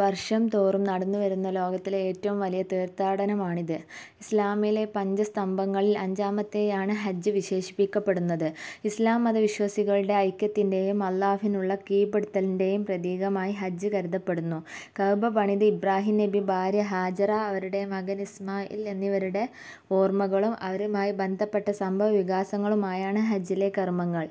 വർഷംതോറും നടന്നു വരുന്ന ലോകത്തിലെ ഏറ്റവും വലിയ തീർഥാടനമാണിത്. ഇസ്ലാമിലെ പഞ്ചസ്തംഭങ്ങളിൽ അഞ്ചാമത്തെയാണ് ഹജ്ജ് വിശേഷിപ്പിക്കപ്പെടുന്നത്.. ഇസ്ലാം മതവിശ്വാസികളുടെ ഐക്യത്തിന്റെയും അള്ളാഹുവിനുള്ള കീഴ്പ്പെടുത്തലിന്റെയും പ്രതീകമായി ഹജ്ജ് കരുതപ്പെടുന്നു. കഅബ പണിത ഇബ്രാഹിം നബി, ഭാര്യ ഹാജറ, അവരുടെ മകൻ ഇസ്മാഇൽ എന്നിവരുടെ ഓർമകളും അവരുമായി ബന്ധപ്പെട്ട സംഭവ വികാസങ്ങളുമായാണ് ഹജ്ജിലെ കർമ്മങ്ങൾ.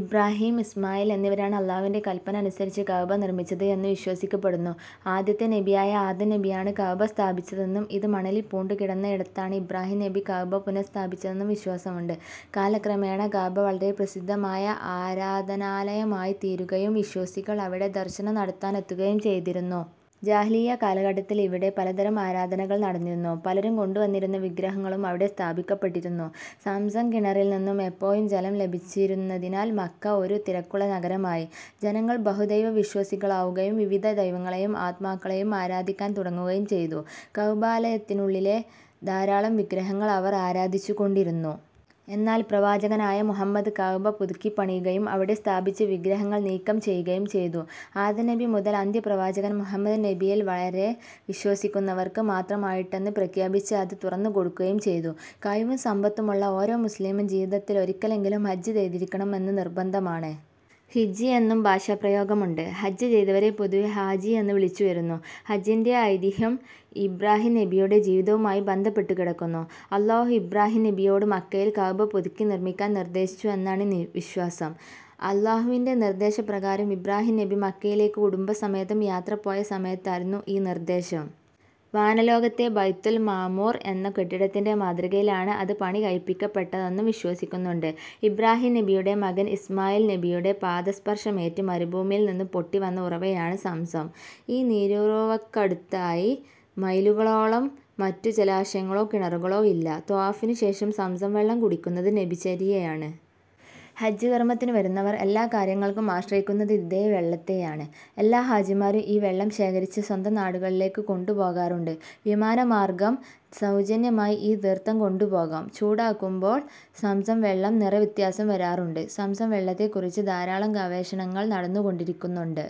ഇബ്രാഹിം, ഇസ്മായിൽ എന്നിവരാണ് അള്ളാഹുവിന്റെ കല്പന അനുസരിച്ച് കഅബ നിർമ്മിച്ചത് എന്ന് വിശ്വസിക്കപ്പെടുന്നു. ആദ്യത്തെ നബിയായ ആദം നബിയാണ് കഅബ സ്ഥാപിച്ചതെന്നും, ഇത് മണലിൽ പൂണ്ടുകിടന്നയിടത്താണ് ഇബ്രാഹിം നബി കഅബ പുനഃസ്ഥാപിച്ചതെന്നും വിശ്വാസമുണ്ട്. കാലക്രമേണ കഅബ വളരെ പ്രസിദ്ധമായ ആരാധനാലയമായിത്തീരുകയും വിശ്വസികൾ അവിടെ ദർശനം നടത്താനെത്തുകയും ചെയ്തിരുന്നു. ജാഹിലിയ്യ കാലഘട്ടത്തിൽ ഇവിടെ പലതരം ആരാധനകൾ നടന്നിരുന്നു. പലരും കൊണ്ടുവന്നിരുന്ന വിഗ്രഹങ്ങളും അവിടെ സ്ഥാപിക്കപ്പെട്ടിരുന്നു. സംസം കിണറിൽ നിന്നും എപ്പോഴും ജലം ലഭിച്ചിരുന്നതിനാൽ മക്ക ഒരു തിരക്കുള്ള നഗരമായി. ജനങ്ങൾ ബഹുദൈവ വിശ്വസികളാവുകയും വിവിധ ദൈവങ്ങളെയും ആത്മാക്കളെയും ആരാധിക്കാൻ തുടങ്ങുകയും ചെയ്തു. കഅബാലയത്തിനുള്ളിലെ ധാരാളം വിഗ്രഹങ്ങൾ അവർ ആരാധിച്ചുകൊണ്ടിരിന്നു. എന്നാൽ പ്രവാചകനായ മുഹമ്മദ് കഅബ പുതുക്കിപ്പണിയുകയും അവിടെ സ്ഥാപിച്ച വിഗ്രഹങ്ങൾ നീക്കം ചെയ്യുകയും ചെയ്തു. ആദം നബി മുതൽ അന്ത്യ പ്രവാചകൻ മുഹമ്മദ് നബിയിൽ വളരെ വിശ്വസിക്കുന്നവർക്ക് മാത്രമായിട്ടെന്ന് പ്രഖ്യാപിച്ച് അത് തുറന്നുകൊടുക്കുകയും ചെയ്തു. കഴിവും സമ്പത്തുമുള്ള ഓരോ മുസ്ലീമും ജീവിതത്തിൽ ഒരിക്കലെങ്കിലും ഹജ്ജ് ചെയ്തിരിക്കണം എന്ന് നിർബന്ധമാണ്. ഹിജ്ജ് എന്നും ഭാഷാപ്രയോഗമുണ്ട്. ഹജ്ജ് ചെയ്തവരെ പൊതുവെ ഹാജി എന്ന് വിളിച്ച് വരുന്നു.. ഹജ്ജിന്റെ ഐതിഹ്യം ഇബ്രാഹീം നബിയുടെ ജീവിതവുമായി ബന്ധപ്പെട്ടു കിടക്കുന്നു. അല്ലാഹു ഇബ്രാഹീം നബിയോട് മക്കയിൽ കഅ്ബ പുതുക്കി നിർമ്മിക്കാൻ നിർദ്ദേശിച്ചു എന്നാണ് വിശ്വാസം. അല്ലാഹുവിന്റെ നിർദ്ദേശപ്രകാരം ഇബ്രാഹീം നബി മക്കയിലേക്ക് കുടുംബസമേതം യാത്ര പോയ സമയത്തായിരുന്നു ഈ നിർദ്ദേശം. വാനലോകത്തെ ബൈത്തുൽ മഅമൂർ എന്ന കെട്ടിടത്തിന്റെ മാതൃകയിലാണ് അത് പണികഴിപ്പിക്കപ്പെട്ടതെന്നും വിശ്വസിക്കുന്നുണ്ട്.. ഇബ്രാഹിം നബിയുടെ മകൻ ഇസ്മായിൽ നബിയുടെ പാദസ്പർശമേറ്റ് മരുഭൂമിയിൽ നിന്നും പൊട്ടി വന്ന ഉറവയാണ് സംസം. ഈ നീരുറവക്കടുത്തായി മൈലുകളോളം മറ്റു ജലാശയങ്ങളോ കിണറുകളോ ഇല്ല. ത്വവാഫിനു ശേഷം സംസം വെള്ളം കുടിക്കുന്നത് നബിചര്യയാണ്. ഹജ്ജ് കർമ്മത്തിനു വരുന്നവർ എല്ലാ കാര്യങ്ങൾക്കും ആശ്രയിക്കുന്നത് ഇതേ വെള്ളത്തെയാണ്. എല്ലാ ഹാജിമാരും ഈ വെള്ളം ശേഖരിച്ച് സ്വന്തം നാടുകളിലേക്ക് കൊണ്ടു പോകാറുണ്ട്. വിമാന മാർഗ്ഗം സൗജന്യമായി ഈ തീർഥം കൊണ്ടു പോകാം. ചൂടാക്കുമ്പോൾ സംസം വെള്ളം നിറ വ്യത്യാസം വരാറുണ്ട്. സംസം വെള്ളത്തെ കുറിച്ച് ധാരാളം ഗവേഷണങ്ങൾ നടന്നുകൊണ്ടിരിക്കുന്നുണ്ട്.